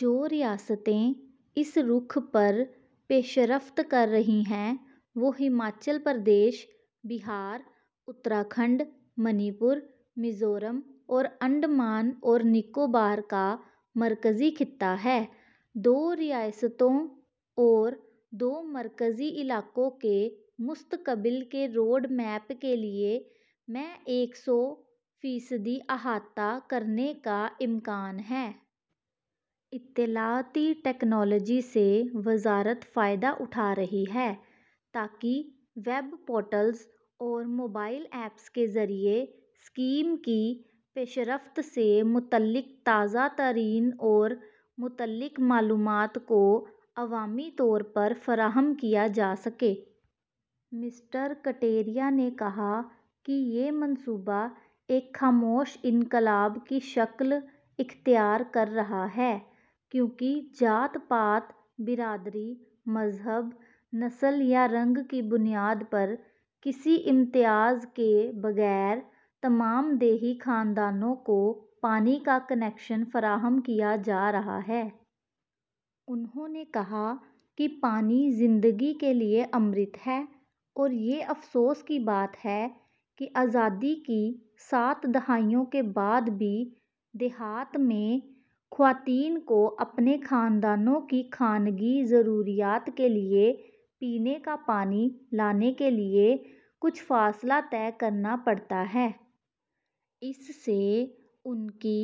جو ریاستیں اس رُخ پر پیش رفت کررہی ہیں وہ ہماچل پردیش، بہار، اتراکھنڈ، منی پور، میزورم اور انڈمان اور نکوبار کا مرکزی خطہ ہے۔ دو ریاستوں اور دو مرکزی علاقوں کے مستقبل کے روڈ میپ کے لئے میں ایک سو فیصد احاطہ کرنے کا امکان ہے۔ اطلاعاتی ٹکنالوجی سے وزارت فائدہ اٹھا رہی ہے تاکہ ویب پورٹلز اور موبائل ایپس کے ذریعے اسکیم کی پیش رفت سے متعلق تازہ ترین اور متعلقہ معلومات کو عوامی طور پر فراہم کیا جاسکے۔ مسٹر کٹیریا نے کہا کہ یہ منصوبہ ایک خاموش انقلاب کی شکل اختیار کر رہا ہے کیونکہ ذات پات، برادری، مذہب، نسل یا رنگ کی بنیاد پر کسی امتیاز کے بغیر تمام دیہی خاندانوں کو پانی کا کنکشن فراہم کیا جارہا ہے۔ انہوں نے کہا کہ پانی زندگی کیلئے امرت ہے اور یہ افسوس کی بات ہے کہ آزادی کی سات دہائیوں کے بعد بھی دیہات میں خواتین کو اپنے کنبوں کی خانگی ضروریات کے لئے پینے کا پانی لانے کے لئے کچھ فاصلہ طے کرنا پڑتا ہے۔ اس سے ان کی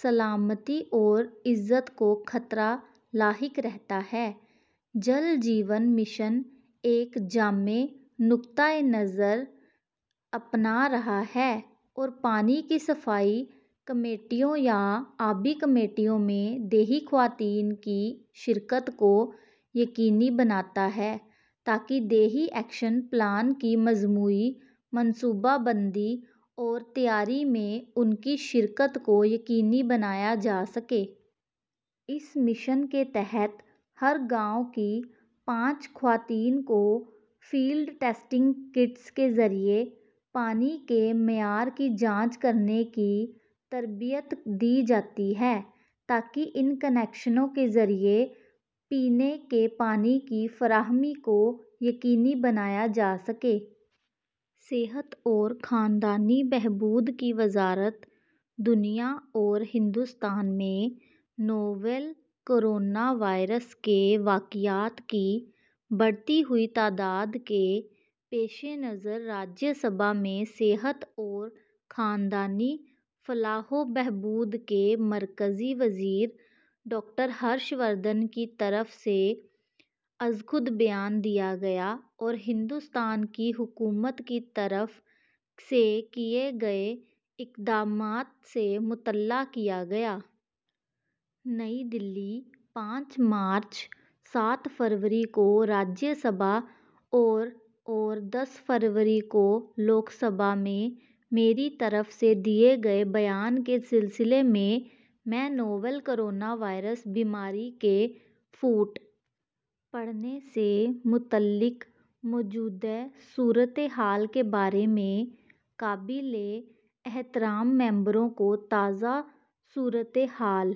سلامتی اور عزت کو خطرہ لاحق رہتا ہے۔ جل جیون مشن ایک جامع نقطہ نظر اپنا رہا ہے اور پانی کی صفائی کمیٹیوں یا آبی کمیٹیوں میں دیہی خواتین کی شرکت کو یقینی بناتا ہے تاکہ دیہی ایکشن پلان کی مجموعی منصوبہ بندی اور تیاری میں ان کی شرکت کو یقینی بنایا جاسکے۔ اس مشن کے تحت ہر گاؤں کی پانچ خواتین کو فیلڈ ٹیسٹنگ کٹس کے ذریعے پانی کے معیار کی جانچ کرنے کی تربیت دی جاتی ہے تاکہ ان کنکشنوں کے ذریعے پینے کے پانی کی فراہمی کو یقینی بنایا جاسکے۔ صحت اور خاندانی بہبود کی وزارت دنیا اور ہندوستان میں نوویل کورونا وائرس کے واقعات کی بڑھتی ہوئی تعداد کے پیش نظر راجیہ سبھا میں صحت اور خاندانی فلاح و بہبود کے مرکزی وزیر ڈاکٹر ہرش وردھن کی طرف سے ازخود بیان دیا گیا اور ہندوستان کی حکومت کی طرف سے کئے گئے اقدامات سے مطلع کیا گیا۔ نئی دہلی، پانچ مارچ، سات فروری کو راجیہ سبھا اور اور دس فروری کو لوک سبھا میں میری طرف سے دیئے گئے بیان کے تسلسل میں، میں نوویل کورونا وائرس بیماری کے پھوٹ پڑنے سے متعلق موجودہ صورتحال کے بارے میں قابل احترام ممبروں کو تازہ صورتحال